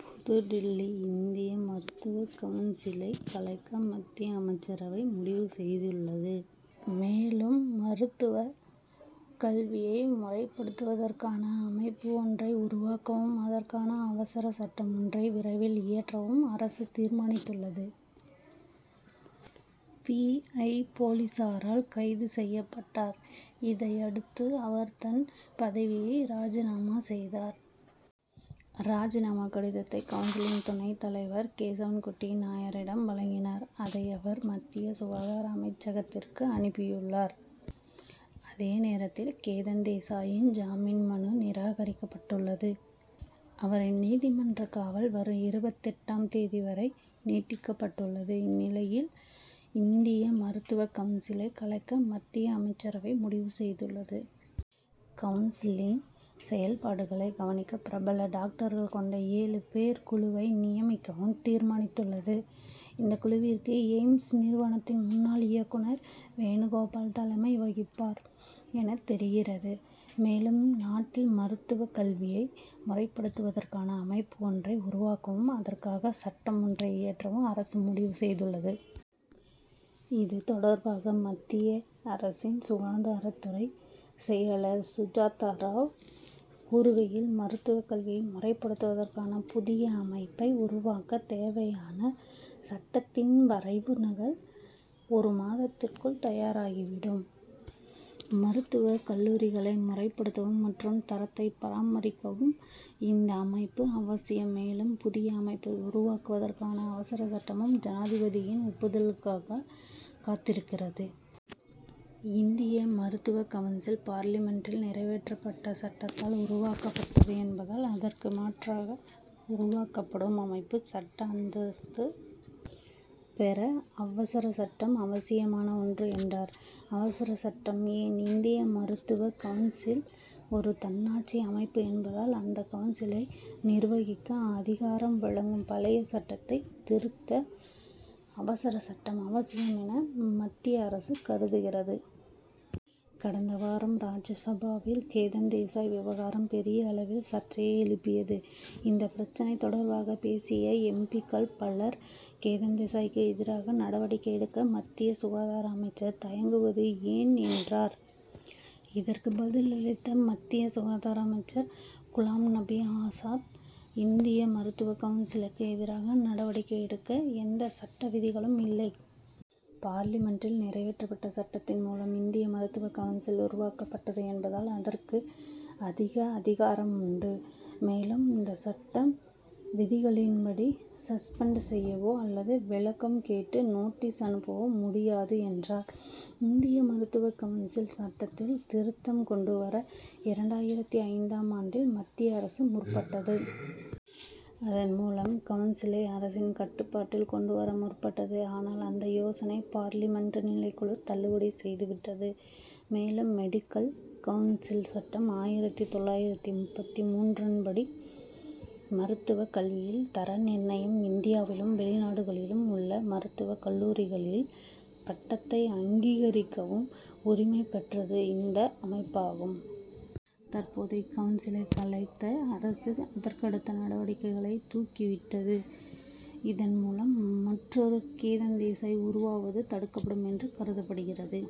புதுடில்லி இந்திய மருத்துவக் கவுன்சிலை கலைக்க மத்திய அமைச்சரவை முடிவு செய்துள்ளது. மேலும் மருத்துவக் கல்வியை முறைப்படுத்துவதற்கான அமைப்பு ஒன்றை உருவாக்கவும் அதற்கான அவசரச் சட்டம் ஒன்றை விரைவில் இயற்றவும் அரசு தீர்மானித்துள்ளது. பி. ஐ. போலீசாரால் கைது செய்யப்பட்டார். இதையடுத்து அவர் தன் பதவியை ராஜினாமா செய்தார். ராஜினாமா கடிதத்தை கவுன்சிலின் துணைத் தலைவர் கேசவன்குட்டி நாயரிடம் வழங்கினார். அதை அவர் மத்திய சுகாதார அமைச்சகத்திற்கு அனுப்பியுள்ளார். அதே நேரத்தில் கேதன் தேசாயின் ஜாமீன் மனு நிராகரிக்கப்பட்டுள்ளது. அவரின் நீதிமன்றக் காவல் வரும் இருபத்தெட்டாம் தேதி வரை நீட்டிக்கப்பட்டுள்ளது. இந்நிலையில் இந்திய மருத்துவக் கவுன்சிலை கலைக்க மத்திய அமைச்சரவை முடிவு செய்துள்ளது. கவுன்சிலின் செயல்பாடுகளைக் கவனிக்க பிரபல டாக்டர்கள் கொண்ட ஏழு பேர் குழுவை நியமிக்கவும் தீர்மானித்துள்ளது. இந்தக் குழுவிற்கு எய்ம்ஸ் நிறுவனத்தின் முன்னாள் இயக்குனர் வேணுகோபால் தலைமை வகிப்பார் என தெரிகிறது. மேலும் நாட்டில் மருத்துவக் கல்வியை முறைப்படுத்துவதற்கான அமைப்பு ஒன்றை உருவாக்கவும் அதற்காக சட்டம் ஒன்றை இயற்றவும் அரசு முடிவு செய்துள்ளது. இது தொடர்பாக மத்திய அரசின் சுகாதாரத் துறைச் செயலர் சுஜாதா ராவ் கூறுகையில் மருத்துவக் கல்வியை முறைப்படுவதற்கான புதிய அமைப்பை உருவாக்கத் தேவையான சட்டத்தின் வரைவு நகல் ஒரு மாதத்திற்குள் தயாராகிவிடும். மருத்துவக் கல்லூரிகளை முறைப்படுத்தவும் மற்றும் தரத்தை பராமரிக்கவும் இந்த அமைப்பு அவசியம். மேலும் புதிய அமைப்பை உருவாக்குவதற்கான அவசர சட்டமும் ஜனாதிபதியின் ஒப்புதலுக்காக காத்திருக்கிறது. இந்திய மருத்துவக் கவுன்சில் பார்லிமென்டில் நிறைவேற்றப்பட்ட சட்டத்தால் உருவாக்கப்பட்டது என்பதால் அதற்கு மாற்றாக உருவாக்கப்படும் அமைப்பு சட்ட அந்தஸ்து பெற அவசர சட்டம் அவசியமான ஒன்று என்றார். அவசர சட்டம் ஏன்? இந்திய மருத்துவக் கவுன்சில் ஒரு தன்னாட்சி அமைப்பு என்பதால் அந்த கவுன்சிலை நிர்வகிக்க அதிகாரம் வழங்கும் பழைய சட்டத்தை திருத்த அவசரச் சட்டம் அவசியம் என மத்திய அரசு கருதுகிறது. கடந்த வாரம் ராஜ்ய சபாவில் கேதன் தேசாய் விவகாரம் பெரிய அளவில் சர்ச்சையை எழுப்பியது. இந்தப் பிரச்னை தொடர்பாக பேசிய எம். பி.க்கள் பலர் கேதன் தேசாய்க்கு எதிராக நடவடிக்கை எடுக்க மத்திய சுகாதார அமைச்சர் தயங்குவது ஏன் என்றனர். இதற்கு பதிலளித்த மத்திய சுகாதார அமைச்சர் குலாம் நபி ஆசாத் இந்திய மருத்துவக் கவுன்சிலுக்கு எதிராக நடவடிக்கை எடுக்க எந்த சட்ட விதிகளும் இல்லை. பார்லிமென்டில் நிறைவேற்றப்பட்ட சட்டத்தின் மூலம் இந்திய மருத்துவக் கவுன்சில் உருவாக்கப்பட்டது என்பதால் அதற்கு அதிக அதிகாரம் உண்டு. மேலும் இந்த சட்ட விதிகளின்படி சஸ்பெண்ட் செய்யவோ அல்லது விளக்கம் கேட்டு நோட்டீஸ் அனுப்பவோ முடியாது என்றார். இந்திய மருத்துவக் கவுன்சில் சட்டத்தில் திருத்தம் கொண்டு வர இரண்டாயிரத்து ஐந்தாம் ஆண்டில் மத்திய அரசு முற்பட்டது. அதன் மூலம் கவுன்சிலை அரசின் கட்டுப்பாட்டில் கொண்டு வர முற்பட்டது. ஆனால் அந்த யோசனையை பார்லிமென்ட் நிலைக்குழு தள்ளுபடி செய்துவிட்டது. மேலும் மெடிக்கல் கவுன்சில் சட்டம் ஆயிரத்து தொள்ளாயிரத்து முப்பத்து மூன்றன்படி மருத்துவக் கல்வியில் தர நிர்ணயம் இந்தியாவிலும் வெளிநாடுகளிலும் உள்ள மருத்துவக் கல்லூரிகளில் பட்டத்தை அங்கீகரிக்கும் உரிமை பெற்றது இந்த அமைப்பாகும். தற்போது இக்கவுன்சிலை கலைத்த அரசு அதற்கடுத்த நடவடிக்கைகளை துவக்கிவிட்டது. இதன் மூலம் மற்றொரு கேதன் தேசாய் உருவாவது தடுக்கப்படும் என்று கருதப்படுகிறது.